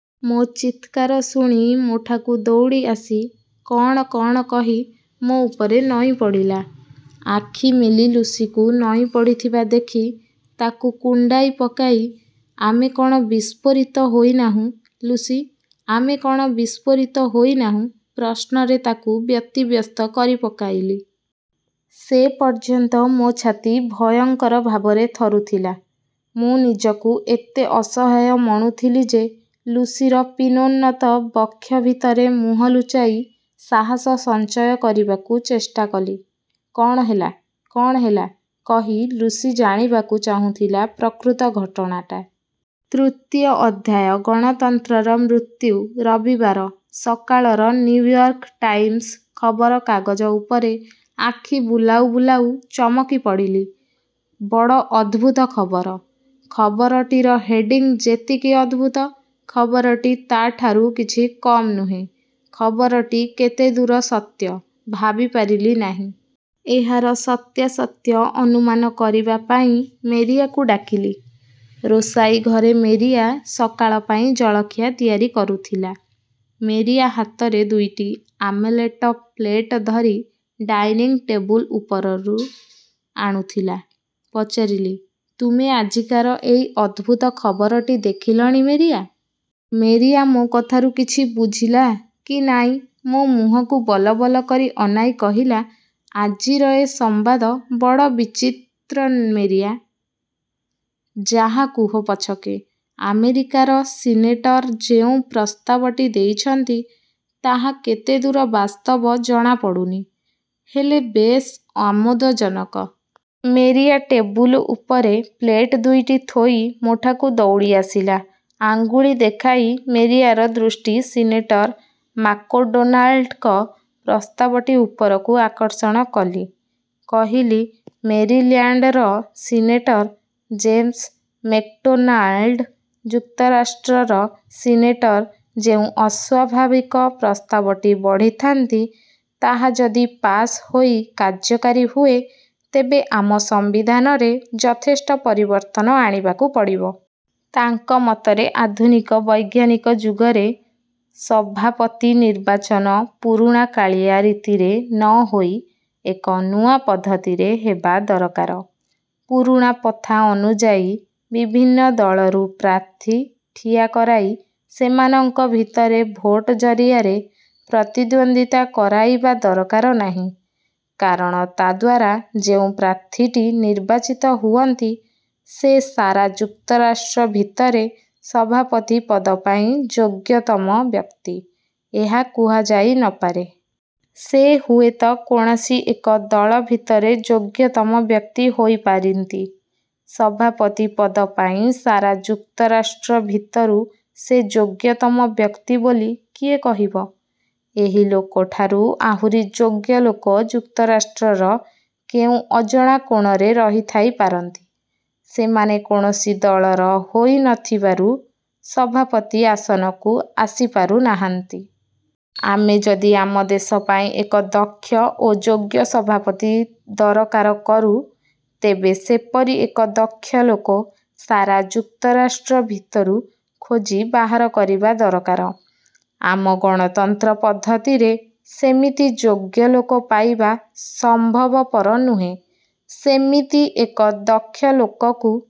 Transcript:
ମୋ ଚିତ୍କାର ଶୁଣି ମୋଠାକୁ ଦୌଡ଼ି ଆସି କ'ଣ କ'ଣ କହି ମୋ ଉପରେ ନଇଁ ପଡ଼ିଲା। ଆଖି ମେଲି ଲୁସିକୁ ନଇଁ ପଡ଼ିଥିବା ଦେଖି, ତାକୁ କୁଣ୍ଡାଇ ପକାଇ ''ଆମେ କ'ଣ ବିସ୍ଫୋରିତ ହୋଇ ନାହୁଁ ଲୁସି'' ଆମେ କ'ଣ ବିସ୍ଫୋରିତ ହୋଇ ନାହୁଁ '' ପ୍ରଶ୍ନରେ ତାକୁ ବ୍ୟତିବ୍ୟସ୍ତ କରି ପକାଇଲି। ସେ ପର୍ଯ୍ୟନ୍ତ ମୋ ଛାତି ଭୟଙ୍କର ଭାବରେ ଥରୁଥିଲା। ମୁଁ ନିଜକୁ ଏତେ ଅସହାୟ ମଣୁଥିଲି ଯେ ଲୁସିର ପୀନୋନ୍ନତ ବକ୍ଷ ଭିତରେ ମୁହଁ ଲୁଚାଇ ସାହସ ସଞ୍ଚୟ କରିବାକୁ ଚେଷ୍ଟା କଲି। ''କ'ଣ ହେଲା; କ'ଣ ହେଲା'' କହି ଲୁସି ଜାଣିବାକୁ ଚାହୁଁଥିଲା ପ୍ରକୃତ ଘଟଣାଟା। ତୃତୀୟ ଅଧ୍ୟାୟ ଗଣତନ୍ତ୍ରର ମୃତ୍ୟୁ ରବିବାର ସକାଳରନିଉୟର୍କ ଟାଇମସ୍ ଖବର କାଗଜ ଉପରେ ଆଖି ବୁଲାଉ ବୁଲାଉ ଚମକି ପଡ଼ିଲି।। ବଡ଼ ଅଦ୍ଭୁତ ଖବର। ଖବରଟିର ହେଡିଂ ଯେତିକି ଅଦ୍ଭୁତ; ଖବରଟି ତା'ଠାରୁ କିଛି କମ୍ ନୁହେଁ। ଖବରଟି କେତେ ଦୂର ସତ୍ୟ, ଭାବି ପାରିଲି ନାହିଁ। ଏହାର ସତ୍ୟାସତ୍ୟ ଅନୁମାନ କରିବା ପାଇଁ ମେରିଆକୁ ଡାକିଲି। ରୋଷାଇ ଘରେ ମେରିଆ ସକାଳ ପାଇଁ ଜଳଖିଆ ତିଆରି କରୁଥିଲା। ମେରିଆ ହାତରେ ଦୁଇଟି ଆମେଲେଟ ପ୍ଲେଟ ଧରି ଡାଇନିଂ ଟେବୁଲ ଉପରରୁ ଆଣୁଥିଲା। ପଚାରିଲି, 'ତୁମେ ଆଜିକାର ଏଇ ଅଦ୍ଭୁତ ଖବରଟି ଦେଖିଲଣି ମେରିଆ? '' ମେରିଆ ମୋ କଥାରୁ କିଛି ବୁଝିଲା କି ନାଇଁ ମୋ ମୁହଁକୁ ବଲବଲ କରି ଅନାଇ କହିଲା। 'ଆଜିର ଏ ସମ୍ବାଦ ବଡ଼ ବିଚିନ୍ତ୍ର ମେରିଆ। ଯାହା କୁହ ପଛକେ, ଆମେରିକାର ସିନେଟର ଯେଉଁ ପ୍ରସ୍ତାବଟି ଦେଇଛନ୍ତି, ତାହା କେତେ ଦୂର ବାସ୍ତବ ଜଣା ପଡ଼ୁନି; ହେଲେ ବେଶ ଆମୋଦ-ଜନକ। ' ମେରିଆ ଟେବୁଲ ଉପରେ ପ୍ଲେଟ ଦୁଇଟି ଥୋଇ ମୋଠାକୁ ଦୌଡ଼ି ଆସିଲା। ଆଙ୍ଗୁଳି ଦେଖାଇ ମେରିଆର ଦୃଷ୍ଟି ସିନେଟର ମାକଡୋନାଲ୍ଡଙ୍କ ପ୍ରସ୍ତାବଟି ଉପରକୁ ଆକର୍ଷଣ କଲି। କହିଲି, ''ମେରିଲ୍ୟାଣ୍ଡର ସିନେଟର ଜେମସ୍ ମେକ୍ଡୋନାଲ୍ଡ ଯୁକ୍ତରାଷ୍ଟ୍ରର ସିନେଟରେ ଯେଉଁ ଅସ୍ୱାଭାବିକ ପ୍ରସ୍ତାବଟି ବଢ଼ିଥାନ୍ତି, ତାହା ଯଦି ପାଶ୍ ହୋଇ କାର୍ଯ୍ୟକାରୀ ହୁଏ, ତେବେ ଆମ ସମ୍ବିଧାନରେ ଯଥେଷ୍ଟ ପରିବର୍ତ୍ତନ ଆଣିବାକୁ ପଡ଼ିବ''। ତାଙ୍କ ମତରେ ଆଧୁନିକ ବୈଜ୍ଞାନିକ ଯୁଗରେ ସଭାପତିନିର୍ବାଚନ ପୁରୁଣାକାଳିଆ ରୀତିରେ ନ ହୋଇ ଏକ ନୂଆ ପଦ୍ଧତିରେ ହେବା ଦରକାର। ପୁରୁଣା ପଥା ଅନୁଯାୟୀ ବିଭିନ୍ନ ଦଳରୁ ପ୍ରାର୍ଥୀ ଠିଆ କରାଇ ସେମାନଙ୍କ ଭିତରେ ଭୋଟ ଜରିଆରେ ପ୍ରତିଦ୍ୱନ୍ଦିତା କରାଇବା ଦରକାର ନାହିଁ। କାରଣ ତାଦ୍ୱାରା ଯେଉଁ ପ୍ରାର୍ଥୀଟି ନିର୍ବାଚିତ ହୁଅନ୍ତି ସେ ସାରା ଯୁକ୍ତରାଷ୍ଟ ଭିତରେ ସଭାପତି ପଦ ପାଇଁ ଯୋଗ୍ୟତମ ବ୍ୟକ୍ତି, ଏହା କୁହାଯାଇ ନ ପାରେ। ସେ ହୁଏତ କୌଣସି ଏକ ଦଳ ଭିତରେ ଯୋଗ୍ୟତମ ବ୍ୟକ୍ତି ହୋଇପାରିନ୍ତି, ସଭାପତି ପଦ ପାଇଁ ସାରା ଯୁକ୍ତରାଷ୍ଟ୍ର ଭିତରୁ ସେ ଯୋଗ୍ୟତମ ବ୍ୟକ୍ତି ବୋଲି କିଏ କହିବ? ଏହି ଲୋକଠାରୁ ଆହୁରି ଯୋଗ୍ୟ ଲୋକ ଯୁକ୍ତରାଷ୍ଟ୍ରର କେଉଁ ଅଜଣା କୋଣରେ ରହିଥାଇ ପାରନ୍ତି। ସେମାନେ କୌଣସି ଦଳର ହୋଇ ନ ଥିବାରୁ ସଭାପତି ଆସନକୁ ଆସିପାରୁ ନାହନ୍ତି। ଆମେ ଯଦି ଆମ ଦେଶ ପାଇଁ ଏକ ଦକ୍ଷ ଓ ଯୋଗ୍ୟ ସଭାପତି ଦରକାର କରୁ, ତେବେ ସେପରି ଏକ ଦକ୍ଷ ଲୋକ ସାରା ଯୁକ୍ତରାଷ୍ଟ୍ର ଭିତରୁ ଖୋଜି ବାହାର କରିବା ଦରକାର। ଆମ ଗଣତନ୍ତ୍ର ପଦ୍ଧତିରେ ସେମିତି ଯୋଗ୍ୟ ଲୋକ ପାଇବା ସମ୍ଭବପର ନୁହେଁ। ସେମିତି ଏକ ଦକ୍ଷ ଲୋକକୁ